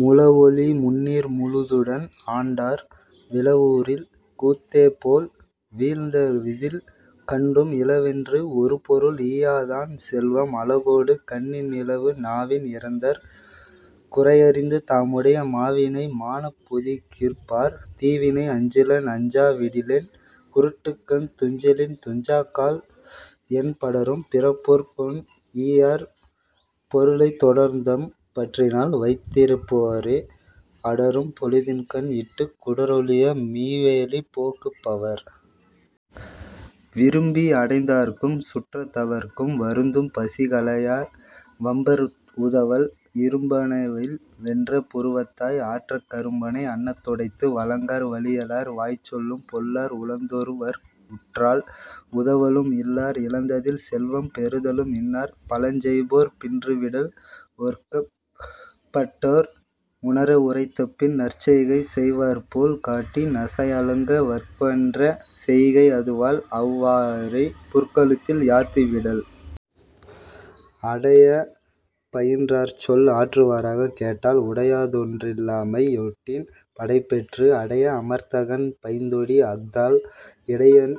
முழவொலி முந்நீர் முழுதுடன் ஆண்டார் விழவூரில் கூத்தேபோல் வீழ்ந்தவிதில் கண்டும் இழவென்று ஒருபொருள் ஈயாதான் செல்வம் 'அழகொடு கண்ணின் இழவு'. நாவின் இரந்தார் குறையறிந்து தாமுடைய மாவினை மாணப் பொதிகிற்பார் தீவினை அஞ்சிலென் அஞ்சா விடிலென் 'குருட்டுக்கண் துஞ்சிலென் துஞ்சாக்கால் என்? ' படரும் பிறப்பிற்கொன் ஈயார் பொருளைத் தொடருந்தம் பற்றினால் வைத்திறப் பாரே அடரும் பொழுதின்கண் இட்டுக் 'குடரொழிய மீவேலி போக்கு பவர்'. விரும்பி அடைந்தார்க்கும் சுற்றத் தவர்க்கும் வருந்தும் பசிகளையார் வம்பர்க் உதவல் இரும்பணைவில் வென்ற புருவத்தாய்! 'ஆற்றக் கரும்பனை அன்ன துடைத்து'. வழங்கார் வலியலார் வாய்ச்சொல்லும் பொல்லார் உழந்தொருவர்க் உற்றால் உதவலும் இல்லார் இழந்ததில் செல்வம் பெறுதலும் இன்னார் 'பழஞ்செய்போர் பின்று விடல்'. ஒற்கப்பட் டாற்றார் உணர உரைத்தபின் நற்செய்கை செய்வார்போல் காட்டி நசையழுங்க வற்கென்ற செய்கை அதுவால் அவ்வாயுறைப் புற்கழுத்தில் யாத்து விடல்'. அடையப் பயின்றார்சொல் ஆற்றுவராக் கேட்டால் உடையதொன் றில்லாமை யொட்டின் படைபெற்று அடைய அமர்த்தகண் பைந்தொடி! அஃதால் 'இடையன்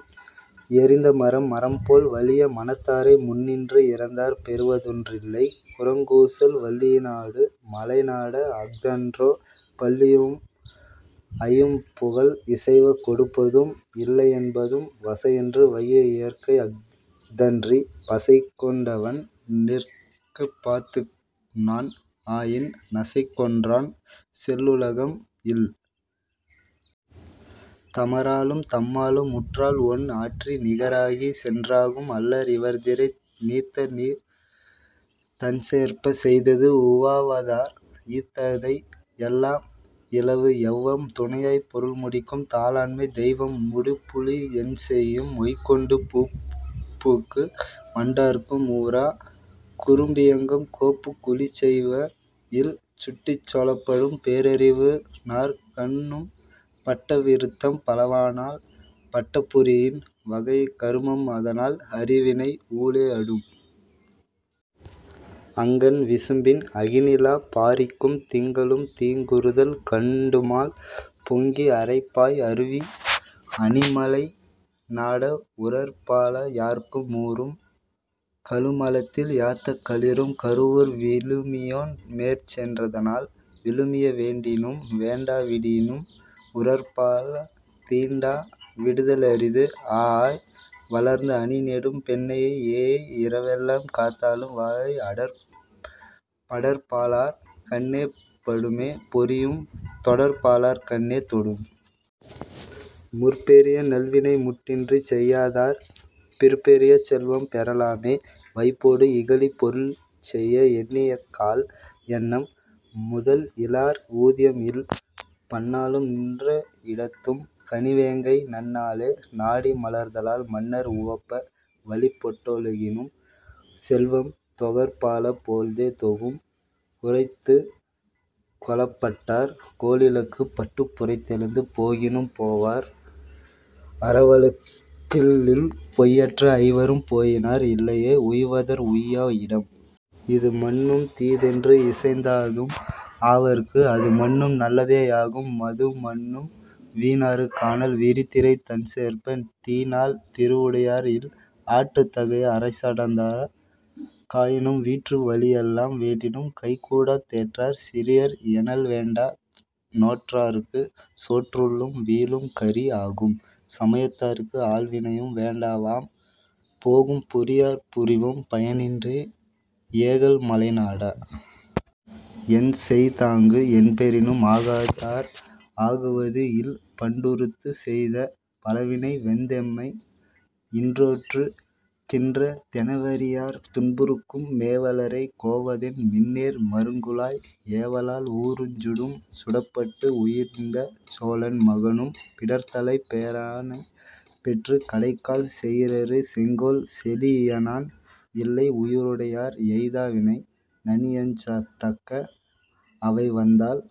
எறிந்த மரம்'. மரம்போல் வலிய மனத்தாரை முன்னின்று இரந்தார் பெறுவதொன் றில்லை குரங்கூசல் வள்ளியி னாடு மலைநாட! அஃதன்றோ 'பள்ளியுள் ஐயம் புகல்' இசைவ கொடுப்பதூஉம் இல்லென் பதூஉம் வசையன்று வையத் இயற்கை அஃதன்றிப் பசைகொண் டவன்நிற்கப் பாத்துண்ணான் ஆயின் 'நசைகொன்றான் செல்லுலகம் இல்'. தமராலும் தம்மாலும் உற்றால்ஒன் ஆற்றி நிகராகிச் சென்றாகும் அல்லர் இவர்திரை நீத்தநீர்த் தண்சேர்ப்ப! செய்தது 'உவவாதார்க் ஈத்ததை எல்லாம் இழவு'. எவ்வம் துணையாய்ப் பொருள்முடிக்கும் தாளாண்மை தெய்வம் முடிப்புழி என்செய்யும்? மொய்கொண்டு பூப்புக்கு வண்டார்க்கும் ஊர! 'குறும்பியங்கும் கோப்புக் குழிச்செய்வ இல்'. சுட்டிச் சொலப்படும் பேரறிவி னார்கண்ணும் பட்ட விருத்தம் பலவானால் பட்ட பொறியின் வகைய கருமம் அதனால் 'அறிவினை ஊழே அடும்'. அங்கண் விசும்பின் அகனிலாப் பாரிக்கும் திங்களும் தீங்குறுதல் காண்டுமால் பொங்கி அறைப்பாய் அருவி அணிமலை நாட! 'உறற்பால யார்க்கும் உறும்'. கழுமலத்தில் யாத்த களிறும் கருவூர் விழுமியோன் மேற்சென் றதனால் விழுமிய வேண்டினும் வேண்டா விடினும் 'உறற்பால தீண்டா விடுதல் அரிது'. ஆஅய் வளர்ந்த அணிநெடும் பெண்ணையை ஏஎய் இரவெல்லாம் காத்தாலும் வாஅய்ப் படற்பாலார் கண்ணே படுமே 'பொறியும் தொடற்பாலார் கண்ணே தொடும்'. முற்பெரிய நல்வினை முட்டின்றிச் செய்யாதார் பிற்பெரிய செல்வம் பெறலாமோ? வைப்போடு இகலிப் பொருள்செய்ய எண்ணியக்கால் என்னாம்? 'முதல்இலார்க் ஊதியம் இல்'. பன்னாளும் நின்ற இடத்தும் கணிவேங்கை நன்னாளே நாடி மலர்தலால் மன்னர் உவப்ப வழிபட் டொழுகினும் செல்வம் 'தொகற்பால போழ்தே தொகும்'. குரைத்துக் கொளப்பட்டார் கோளிழுக்குப் பட்டுப் புரைத்தெழுந்து போகினும் போவர் அரக்கில்லுள் பொய்யற்ற ஐவரும் போயினார் 'இல்லையே உய்வதற் உய்யா இடம்'. இதுமன்னும் தீதென்று இசைந்ததூஉம் ஆவார்க்கு அதுமன்னும் நல்லதே யாகும் மதுமன்னும் வீநாறு கானல் விரிதிரை தண்சேர்ப்ப! 'தீநாள் திருவுடையார்க் இல்' ஆற்றுந் தகைய அரசடைந்தார்க் காயினும் வீற்று வழியல்லால் வேண்டினும் கைகூடா தேற்றார் சிறியர் எனல்வேண்டா 'நோற்றார்க்குச் சோற்றுள்ளும் வீழும் கறி'. ஆகும் சமயத்தார்க்கு ஆள்வினையும் வேண்டாவாம் போகும் பொறியார் புரிவும் பயனின்றே ஏகல் மலைநாட! என்செய்தாங்கு என்பெறினும் 'ஆகாதார்க் ஆகுவது இல்'. பண்டுருத்துச் செய்த பழவினை வந்தெம்மை இன்றொறுக் கின்ற தெனவறியார் துன்புறுக்கும் மேவலரை கோவதென்? மின்னேர் மருங்குலாய்! 'ஏவலாள் ஊருஞ் சுடும்'. சுடப்பட்டு உயிருய்ந்த சோழன் மகனும் பிடர்த்தலைப் பேரானைப் பெற்றுக் கடைக்கால் செயிரறு செங்கோல் செலீஇயனான் 'இல்லை உயிருடையார் எய்தா வினை. ' நனியஞ்சத் தக்க அவைவந்தால்